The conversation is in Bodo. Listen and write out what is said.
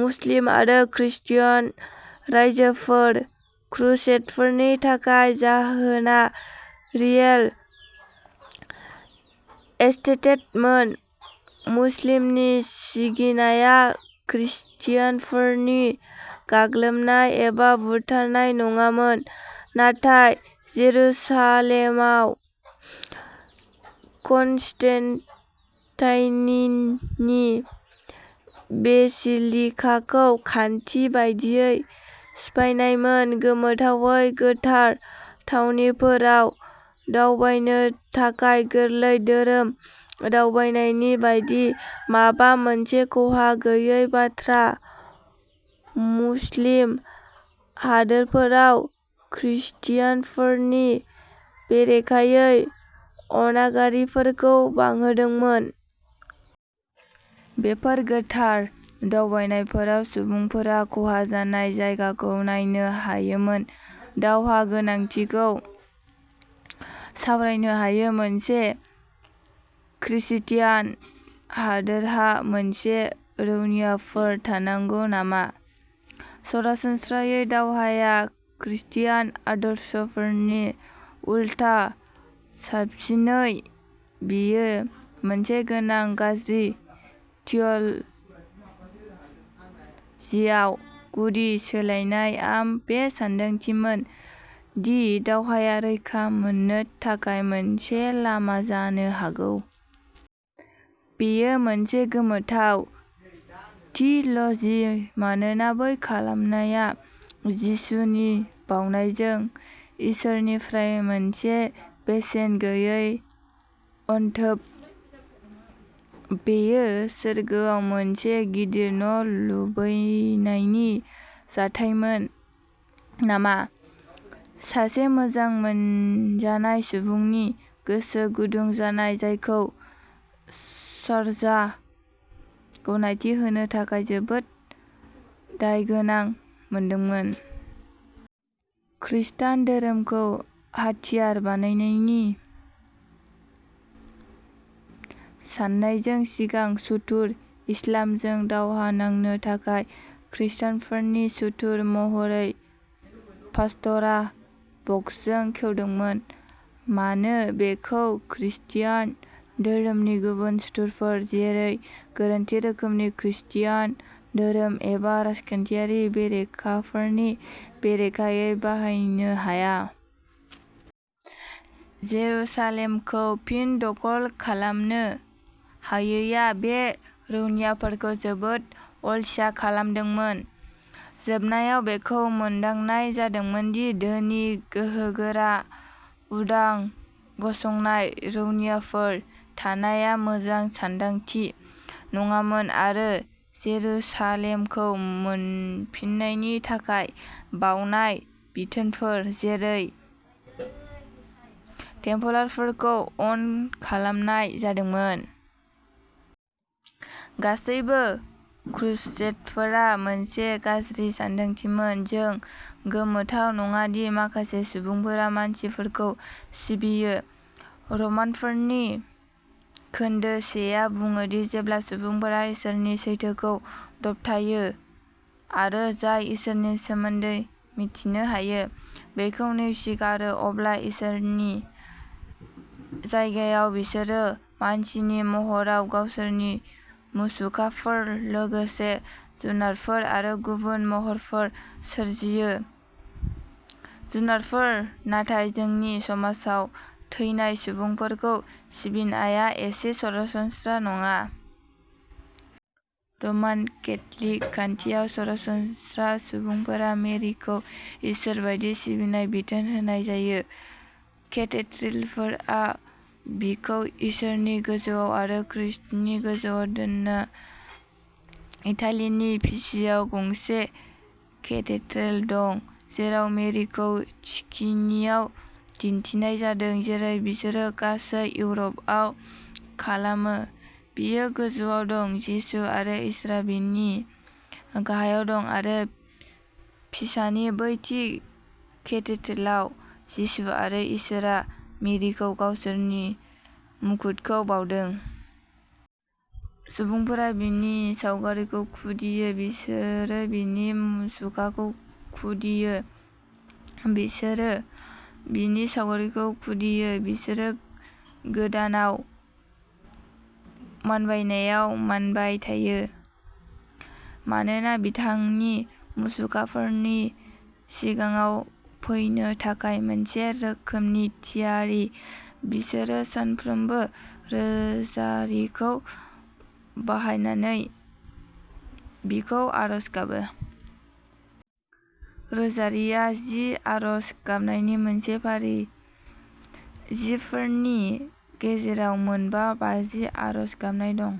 मुस्लिम आरो क्रिस्तियान रायजोफोर, क्रुसेडफोरनि थाखाय जाहोना रिएल एस्टेटमोन। मुस्लिमनि सिगिनाया क्रिस्तियानफोरनि गाग्लोबनाय एबा बुथारनाय नङामोन, नाथाय जेरुसालेमाव कन्स्टेनटाइननि बेसिलिकाखौ खान्थि बायदियै सिफायनायमोन। गोमोथावै गोथार थावनिफोराव दावबायनो थाखाय गोरलै धोरोम दावबायनायनि बायदि माबा मोनसे खहा गैयै बाथ्राया मुस्लिम हादोरफोराव क्रिस्तियानफोरनि बेरेखायै अनागारिफोरखौ बांहोदोंमोन। बेफोर गोथार दावबायनायफोराव सुबुंफोरा खहा जानाय जायगाखौ नायनो हायोमोन। दावहानि गोनांथिखौ सावरायनो हायो, मोनसे क्रिस्तियान हादोरहा मोनसे रौनियाफोर थानांगौ नामा? सरासनस्रायै दावहाया क्रिस्तियान आदर्शफोरनि उल्था, साबसिनै बेयो मोनसे गोनां गाज्रि। थिय'ल'जियाव गुदि सोलायनायआ बे सानदांथिमोन दि दावहाया रैखा मोननो थाखाय मोनसे लामा जानो हागौ। बेयो मोनसे गोमोथाव थिय'ल'जि, मानोना रैखा खालामनाया जिसुनि बावनायजों इसोरनिफ्राय मोनसे बेसेन गैयै अनथोब। बेयो सोरगोआव मोनसे गिदिर न' लुबैनायनि जाथायमोन नामा? सासे मोजां मोनजानाय सुबुंनि गोसो गुदुं जानाय जायखौ चार्चआ गनायथि होनो थाखाय जोबोद दायगोनां मानिदोंमोन। खृस्टान धोरोमखौ हाथियार बानायनायनि साननायजों सिगां "सुथुर" इस्लामजों दावहा नांनो थाखाय खृस्टानफोरनि सुथुर महरै पास्तरा बक्सखौ खेवदोंमोन मानो बेखौ क्रिस्तियान धोरोमनि गुबुन सुथुरफोर जेरै गोरोन्थि रोखोमनि क्रिस्तियान धोरोम एबा राजखान्थियारि बेरेखाफोरनि बेरेखायै बाहायनो हाया? जेरुसालेमखौ फिन दखल खालामनो हायैआ बे रौनियाफोरखौ जोबोद अलसिया खालामदोंमोन। जोबनायाव बेखौ मोनदांनाय जादोंमोन दि धोनि, गोहोगोरा, उदां गसंनाय रौनियाफोर थानायआ मोजां सानदांथि नङामोन आरो जेरुसालेमखौ मोनफिन्नायनि थाखाय बावनाय बिथोनफोर जेरै टेम्पलारफोरखौ अन खालामनाय जादोंमोन। गासैबो क्रुसेडफोरा मोनसे गाज्रि सानदांथिमोन। जों गोमोथाव नङा दि माखासे सुबुंफोरा मानसिफोरखौ सिबियो। रमानफोरनि खोन्दो सेआ बुङो दि जेब्ला सुबुंफोरा इसोरनि सैथोखौ दबथायो आरो जाय इसोरनि सोमोन्दै मिथिनो हायो बेखौ नेवसिगारो, अब्ला इसोरनि जायगायाव बिसोरो मानसिनि महराव गावसोरनि मुसुखाफोर लोगोसे जुनारफोर आरो गुबुन महरफोर सोरजियो जुनारफोर नाथाय जोंनि समाजाव थैनाय सुबुंफोरखौ सिबिनायआ एसे सरासनस्रा नङा। रमान केथ'लिक खान्थियाव सरासनस्रा सुबुंफोरा मेरिखौ इसोर बायदि सिबिनाय बिथोन होनाय जायो। केथेड्रेलफोरा बिखौ इसोरनि गोजौआव आरो खृष्टनि गोजौआव दोनो। इटालीनि पिसायाव गंसे केथेड्रेल दं, जेराव मेरिखौ थिखिनियाव दिन्थिनाय जादों, जेरै बिसोरो गासै इउर'पआव खालामो, बियो गोजौआव दं, जिसु आरो इसोरआ बिनि गाहायाव दं आरो पिसानि बै थि केथेड्रेलाव, जिसु आरो इसोरआ मेरिखौ गावसोरनि मुकुटखौ बाउदों। सुबुंफोरा बिनि सावगारिखौ खुदियो। बिसोरो बिनि मुसुखाखौ खुदियो। बिसोरो बिनि सावगारिखौ खुदियो। बिसोरो गोदोनाआव मानबायनायाव मानबाय थायो, मानोना बिथांनि मुसुखाफोरनि सिगाङाव फैनो थाखाय मोनसे रोखोमनि थियारि। बिसोरो सानफ्रोमबो रोजारिखौ बाहायनानै बिखौ आरज गाबो। रोजारिआ जि आरज गाबनायनि मोनसे फारि, जिफोरनि गेजेराव मोनबा बाजि आरज गाबनाय दं।